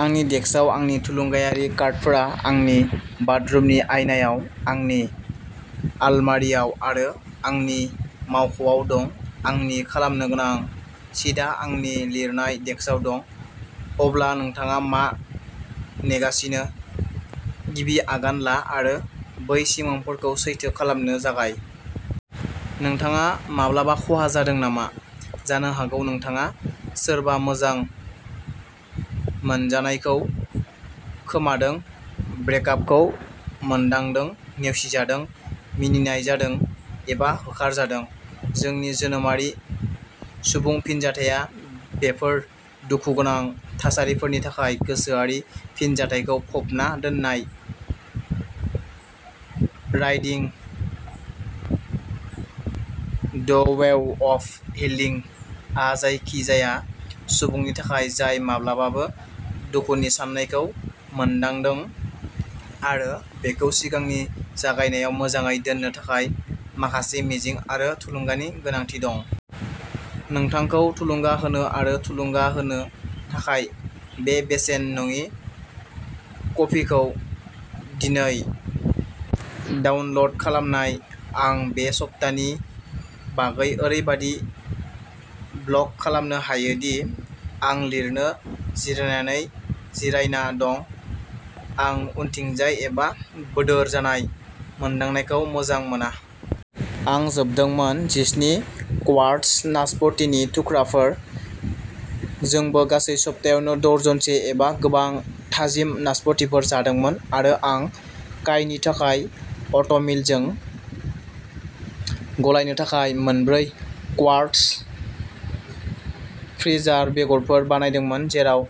आंनि डेस्कआव आंनि थुलुंगायारि कार्डफोरा आंनि बाथरुमनि आयनाआव, आंनि आलमारिआव आरो आंनि मावख'आव दं। आंनि "खालामनो गोनां" शीटआ आंनि लिरनाय डेस्कआव दं। अब्ला नोंथाङा मा नेगासिनो? गिबि आगान ला आरो बै सिमांफोरखौ सैथो खालामनो जागाय। नोंथाङा माब्लाबा खहा जादों नामा? जानो हागौ नोंथाङा सोरबा मोजां मोनजानायखौ खोमादों, ब्रेक-आपखौ मोनदांदों, नेवसिजादों, मिनिनाय जादों एबा होखारजादों। जोंनि जोनोमारि, सुबुं फिनजाथाया बेफोर दुखुगोनां थासारिफोरनि थाखाय गोसोआरि फिनजाथायखौ फबना दोननाय। "Riding the wave of healing" आ जायखिजाया सुबुंनि थाखाय जाय माब्लाबाबो दुखुनि सानायखौ मोनदांदों आरो बेखौ सिगांनि जायगायाव मोजाङै दोननो थाखाय माखासे मिजिं आरो थुलुंगानि गोनांथि दं। नोंथांखौ थुलुंगा होनो आरो थुलुंगा होनो थाखाय बे बेसेन नाङि कपिखौ दिनै डाउनल'ड खालाम। आं बे सप्तानि बागै ओरैबादि ब्लग खालामनो हायो दि आं लिरनो जिरायनानै जिरायना दं। आं उनथिंजाय एबा बोदोर जानाय मोनदांनायखौ मोजां मोना। आं जोबदोंमोन। जिस्नि क्वार्ट्स नासपतिनि थुख्राफोर। जोंबो गासै सप्तायावनो दर्जनसे एबा गोबां थाजिम नासपतिफोर जादोंमोन आरो आं काइनि थाखाय अ'टमिलजों गलायनो थाखाय मोनब्रै क्वार्ट्स फ्रिजार बेगफोर बानायदोंमोन, जेराव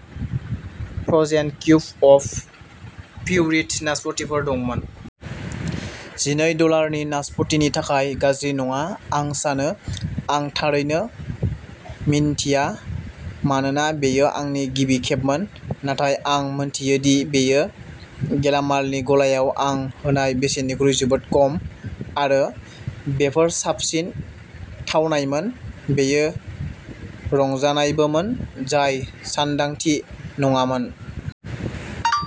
फ्र'जेन किउब्स अफ प्युरिद नासपतिफोर दंमोन। नैजिनै डलारनि नासपतिनि थाखाय गाज्रि नङा। आं सानो आं थारैनो मिन्थिया मानोना बेयो आंनि गिबि खेबमोन, नाथाय आं मिथियो दि बेयो गेलामालनि गलायाव आं होनाय बेसेननिख्रुइ जोबोद खम आरो बेफोर साबसिन थावनायमोन। बेयो रंजानायबोमोन, जाय सानदांथि नङामोन।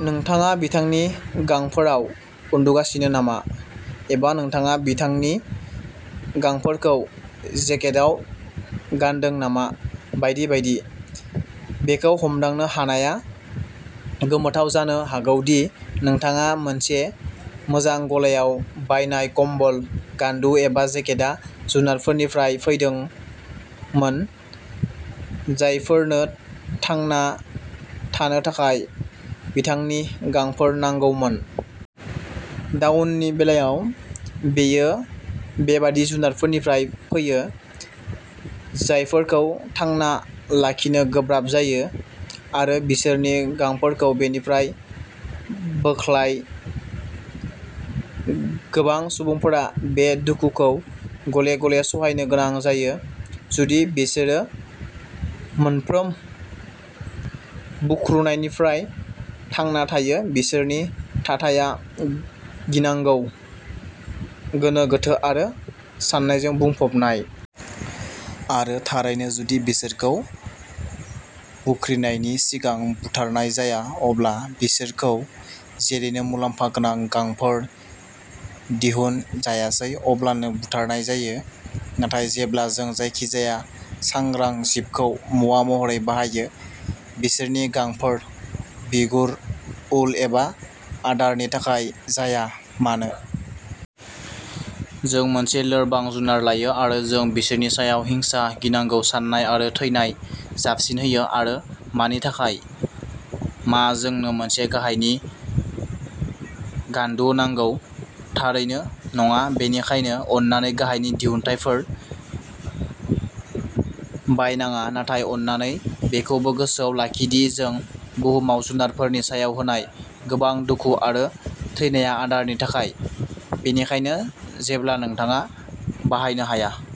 नोंथाङा बिथांनि गांफोराव उन्दुगासिनो नामा? एबा नोंथाङा बिथांनि गांफोरखौ जेकेटआव गानदों नामा, बायदि बायदि। बेखौ हमदांनो हानाया गोमोथाव जानो हागौ दि नोंथाङा मोनसे मोजां गलायाव बायनाय कम्बल, गान्दु एबा जेकेटआ जुनारफोरनिफ्राय फैदोंमोन, जायफोरनो थांना थानो थाखाय बिथांनि गांफोर नांगौमोन। "डाउन" नि बेलायाव, बेयो बेबादि जुनारफोरनिफ्राय फैयो, जायफोरखौ थांना लाखिनो गोब्राब जायो आरो बिसोरनि गांफोरखौ बेनिफ्राय बोख्लाय, गोबां सुबुंफोरा बे दुखुखौ गले-गले सहायनो गोनां जायो जुदि बिसोरो मोनफ्रोम बुख्रुनायनिफ्राय थांना थायो। बिसोरनि थाथाया गिनांगौ, गोनो-गोथो आरो सानायजों बुंफबनाय। आरो थारैनो, जुदि बिसोरखौ बुख्रिनायनि सिगां बुथारनाय जाया, अब्ला बिसोरखौ जेरैनो मुलाम्फा गोनां गांफोर "दिहुन" जायासै अब्लानो बुथारनाय जायो। नाथाय जेब्ला जों जायखिजाया सांग्रां जिबखौ मुवा महरै बाहायो, बिसोरनि गांफोर, बिगुर, उल एबा आदारनि थाखाय जाया मानो। जों मोनसे लोरबां जुनार लायो आरो जों बिसोरनि सायाव हिंसा, गिनांगौ, सानाय आरो थैनाय जाबसिनहोयो। आरो, मानि थाखाय? मा जोंनो मोनसे गाहायनि गान्दु नांगौ? थारैनो नङा। बेनिखायनो, अन्नानै गाहायनि दिहुनथायफोर बायनाङा। नाथाय अन्नानै बेखौबो गोसोआव लाखि दि जों बुहुमाव जुनारफोरनि सायाव होनाय गोबां दुखु आरो थैनाया आदारनि थाखाय। बेनिखायनो जेब्ला नोंथाङा बाहायनो हाया।